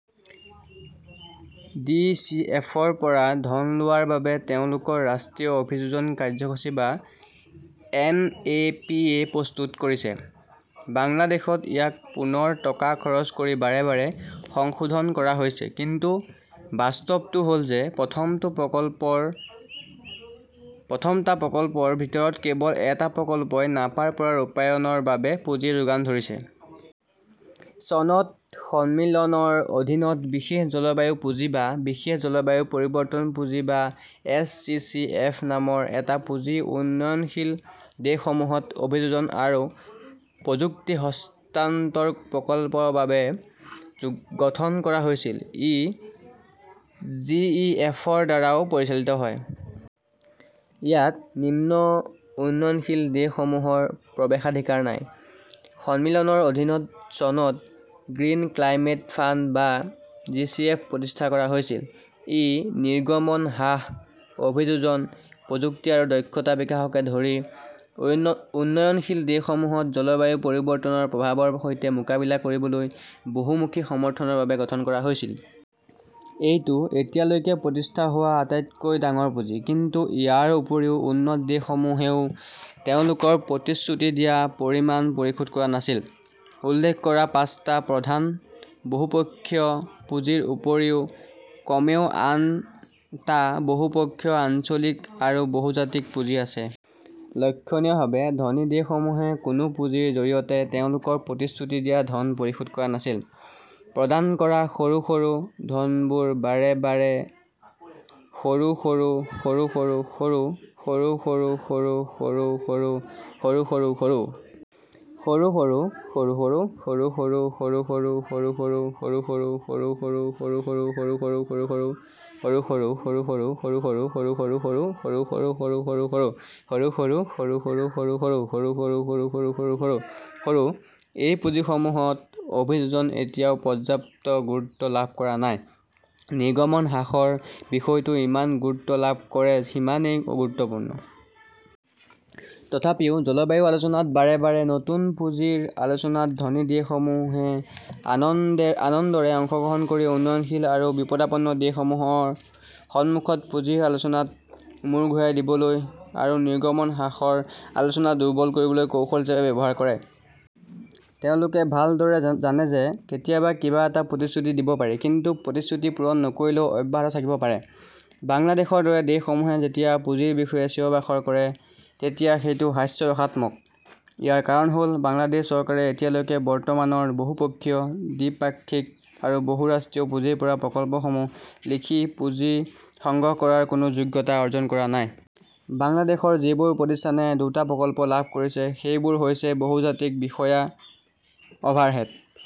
D. C. F. -ৰ পৰা ধন লোৱাৰ বাবে তেওঁলোকৰ ৰাষ্ট্ৰীয় অভিযোজন কাৰ্যসূচী বা এন. এ. পি. এ. প্ৰস্তুত কৰিছে। বাংলাদেশত ইয়াক পুনৰ টকা খৰচ কৰি বাৰে বাৰে সংশোধন কৰা হৈছে। কিন্তু বাস্তৱটো হ "ল যে প্ৰথম টা প্ৰকল্পৰ ভিতৰত কেৱল এটা প্ৰকল্পই নাপাৰ পৰা ৰূপায়ণৰ বাবে পুঁজি যোগান ধৰিছিল। চনত সন্মিলনৰ অধীনত বিশেষ জলবায়ু পুঁজি বা বিশেষ জলবায়ু পৰিৱৰ্তন পুঁজি বা এছ. চি. চি. এফ. নামৰ এটা পুঁজি উন্নয়নশীল দেশসমূহত অভিযোজন আৰু প্ৰযুক্তি হস্তান্তৰ প্ৰকল্পৰ বাবে গঠন কৰা হৈছিল। ই জিইএফৰ দ্বাৰাও পৰিচালিত হয়। ইয়াত নিম্ন উন্নয়নশীল দেশসমূহৰ প্ৰৱেশাধিকাৰ নাই। সন্মিলনৰ অধীনত চনত গ্ৰীণ ক্লাইমেট ফাণ্ড বা জি. চি. এফ. প্ৰতিষ্ঠা কৰা হৈছিল। ই নিৰ্গমন হ্ৰাস, অভিযোজন, প্ৰযুক্তি আৰু দক্ষতা বিকাশকে ধৰি উন্নয়নশীল দেশসমূহত জলবায়ু পৰিৱৰ্তনৰ প্ৰভাৱৰ সৈতে মোকাবিলা কৰিবলৈ বহুমুখী সমৰ্থনৰ বাবে গঠন কৰা হৈছিল। এইটো এতিয়ালৈকে প্ৰতিষ্ঠা হোৱা আটাইতকৈ ডাঙৰ পুঁজি। কিন্তু ইয়াৰ উপৰিও উন্নত দেশসমূহেও তেওঁলোকৰ প্ৰতিশ্ৰুতি দিয়া পৰিমাণ পৰিশোধ কৰা নাছিল। উল্লেখ কৰা পাঁচটা প্ৰধান বহুপক্ষীয় পুঁজিৰ উপৰিও কমেও আন টা বহুপক্ষীয়, আঞ্চলিক আৰু বহুজাতিক পুঁজি আছে। লক্ষণীয়ভাৱে, ধনী দেশসমূহে কোনো পুঁজিৰ জৰিয়তে তেওঁলোকৰ প্ৰতিশ্ৰুতি দিয়া ধন পৰিশোধ কৰা নাছিল। প্ৰদান কৰা সৰু সৰু ধনবোৰ বাৰে বাৰে সৰু সৰু সৰু সৰু সৰু সৰু সৰু সৰু সৰু সৰু সৰু সৰু সৰু সৰু সৰু সৰু সৰু সৰু সৰু সৰু সৰু সৰু সৰু সৰু সৰু সৰু সৰু সৰু সৰু সৰু সৰু সৰু সৰু সৰু সৰু সৰু সৰু সৰু সৰু সৰু সৰু সৰু সৰু সৰু সৰু সৰু সৰু সৰু সৰু সৰু সৰু সৰু সৰু সৰু এই পুঁজিসমূহত অভিযোজন এতিয়াও পৰ্যাপ্ত গুৰুত্ব লাভ কৰা নাই, নিৰ্গমন হ্ৰাসৰ বিষয়টো যিমান গুৰুত্ব লাভ কৰে সিমানেই গুৰুত্বপূৰ্ণ। তথাপিও জলবায়ু আলোচনাত বাৰে বাৰে নতুন পুঁজিৰ আলোচনাত ধনী দেশসমূহে আনন্দৰে অংশগ্ৰহণ কৰি উন্নয়নশীল আৰু বিপদাপন্ন দেশসমূহৰ সন্মুখত পুঁজিৰ আলোচনাক মূৰ ঘূৰাই দিবলৈ আৰু নিৰ্গমন হ্ৰাসৰ আলোচনা দুৰ্বল কৰিবলৈ কৌশল হিচাপে ব্যৱহাৰ কৰে। তেওঁলোকে ভালদৰে জানে যে কেতিয়াবা কিবা এটা প্ৰতিশ্ৰুতি দিব পাৰি, কিন্তু প্ৰতিশ্ৰুতি পূৰণ নকৰিলেও অব্যাহত থাকিব পাৰে। বাংলাদেশৰ দৰে দেশসমূহে যেতিয়া পুঁজিৰ বিষয়ে চিঞৰ-বাখৰ কৰে তেতিয়া এইটো হাস্যৰসাত্মক। ইয়াৰ কাৰণ হ "ল বাংলাদেশ চৰকাৰে এতিয়ালৈকে বৰ্তমানৰ বহু-পক্ষীয়, দ্বিপাক্ষিক আৰু বহু-ৰাষ্ট্ৰীয় পুঁজিৰ পৰা প্ৰকল্পসমূহ লিখি পুঁজি সংগ্ৰহ কৰাৰ কোনো যোগ্যতা প্ৰদৰ্শন কৰা নাই। বাংলাদেশৰ যিবোৰ প্ৰতিষ্ঠানে দুটা প্ৰকল্প লাভ কৰিছে সেইবোৰ হৈছে বহুজাতিক বিষয়া, অভাৰহেড,